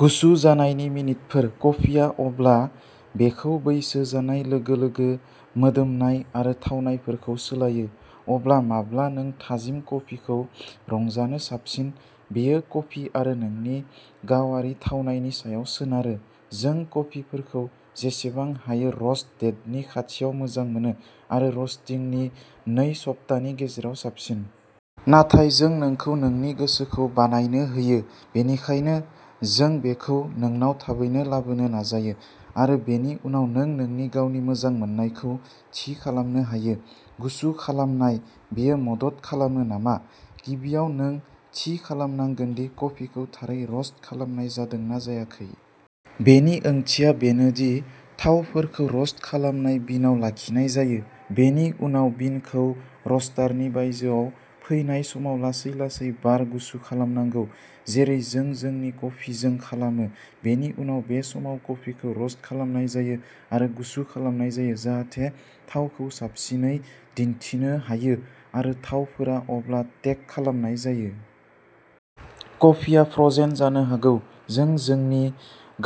गुसु जानायनि मिनिटफोर। कफिआ अब्ला बेखौ बैसो जानाय लोगो-लोगो मोदोमनाय आरो थावनायफोरखौ सोलायो। अब्ला माब्ला नों थाजिम कफिखौ रंजानो साबसिन? बेयो कफि आरो नोंनि गावारि थावनायनि सायाव सोनारो। जों कफिफोरखौ जेसेबां हायो रस्ट डेटनि खाथियाव मोजां मोनो, आरो रस्टिंनि नै सप्तानि गेजेराव साबसिन। नाथाय जों नोंखौ नोंनि गोसोखौ बानायनो होयो, बेनिखायनो जों बेखौ नोंनाव थाबैनो लाबोनो नाजायो, आरो बेनि उनाव नों नोंनि गावनि मोजां मोननायखौ थि खालामनो हायो। गुसु खालामनाय-बेयो मदद खालामो नामा? गिबियाव नों थि खालामनांगोन दि कफिखौ थारै रस्ट खालामनाय जादों ना जायाखै। बेनि ओंथिया बेनो दि थावफोरखौ रस्ट खालामनाय बिनआव लाखिनाय जायो। बेनि उनाव बिनखौ रस्टारनि बायजोआव फैनाय समाव लासै-लासै बार गुसु खालामनांगौ, जेरै जों जोंनि कफिजों खालामो। बेनि उनाव बे समाव कफिखौ रस्ट खालामनाय जायो आरो गुसु खालामनाय जायो जाहाथे थावखौ साबसिनै दिन्थिनो हायो आरो थावफोरा अब्ला टेक खालामनाय जायो। कफिआ फ्र'जेन जानो हागौ। जों जोंनि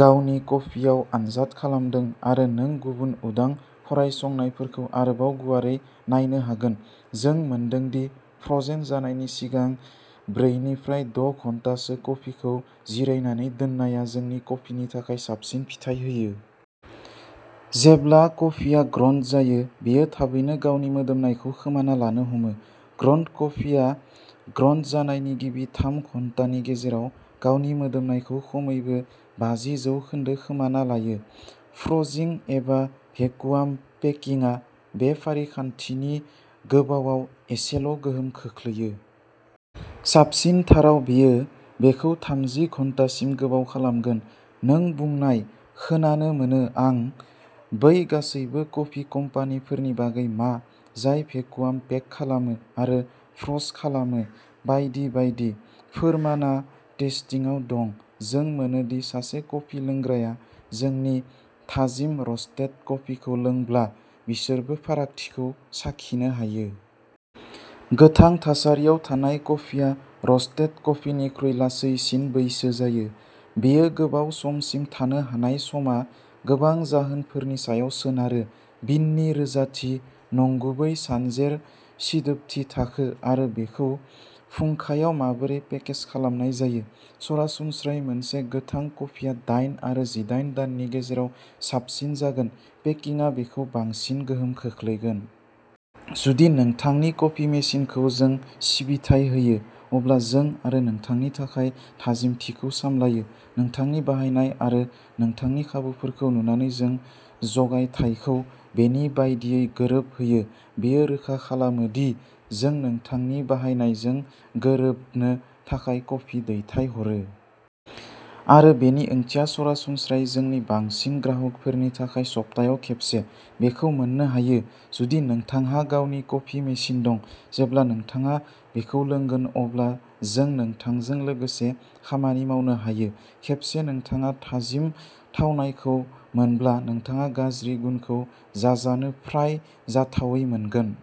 गावनि कफिआव आनजाद खालामदों आरो नों गुबुन उदां फरायसंनायफोरखौ आरोबाव गुवारै नायनो हागोन। जों मोनदों दि फ्र'जेन जानायनि सिगां ब्रै निफ्राय द' घन्टासो कफिखौ जिरायनानै दोननाया जोंनि कफिनि थाखाय साबसिन फिथाय होयो। जेब्ला कफिआ ग्र'न्ड जायो, बेयो थाबैनो गावनि मोदोमनायखौ खोमाना लानो हमो। ग्र'न्ड कफिआ ग्र'न्ड जानायनि गिबि थाम घन्टानि गेजेराव गावनि मोदोमनायखौ खमैबो बाजि जौखोनदो खोमाना लायो। फ्र'जिं एबा भेकुवाम पेकिंआ बे फारिखान्थिनि गोबावआव एसेल'गोहोम खोख्लैयो। साबसिनथाराव बेयो बेखौ थामजि घन्टासिम गोबाव खालामगोन। नों बुंनाय खोनानो मोनो आं, बै गासैबो कफि कम्पानिफोरनि बागै मा जाय भेकुवाम पेक खालामो आरो फ्र'ज खालामो बायदि बायदि। फोरमानआ टेस्टिंआव दं। जों मोनोदि सासे कफि लोंग्राया जोंनि थाजिम र'स्टेड कफिखौ लोंब्ला बिसोरबो फारागथिखौ साखिनो हायो। गोथां थासारियाव थानाय कफिआ र'स्टेड कफिनिख्रुइ लासैसिन बैसो जायो। बेयो गोबाव समसिम थानो हानाय समा गोबां जाहोनफोरनि सायाव सोनारो। बिननि रोजाथि, नंगुबै सानजेर सिदोबथि थाखो आरो बेखौ फुंखायाव माबोरै पेकेज खालामनाय जायो। सरासनस्रायै मोनसे गोथां कफिआ डाइन आरो जिडायेन दाननि गेजेराव साबसिन जागोन, पेकिंआ बेखौ बांसिन गोहोम खोख्लैगोन। जुदि नोंथांनि कफि मेसिनखौ जों सिबिथाय होयो, अब्ला जों आरो नोंथांनि थाखाय थाजिमथिखौ सामलायो। नोंथांनि बाहायनाय आरो नोंथांनि खाबुफोरखौ नुनानै जों जगायथायखौ बेनि बायदियै गोरोबहोयो। बेयो रोखा खालामो दि जों नोंथांनि बाहायनायजों गोरोबनो थाखाय कफि दैथायहरो। आरो बेनि ओंथिया सरासनस्रायै जोंनि बांसिन ग्राहकफोरनि थाखाय सप्तायाव खेबसे। बेखौ मोन्नो हायो जुदि नोंथांहा गावनि कफि मेसिन दं। जेब्ला नोंथाङा बेखौ लोंगोन अब्ला जों नोंथांजों लोगोसे खामानि मावनो हायो। खेबसे नोंथाङा थाजिम थावनायखौ मोनब्ला नोंथाङा गाज्रि गुनखौ जाजानो फ्राय जाथावै मोनगोन।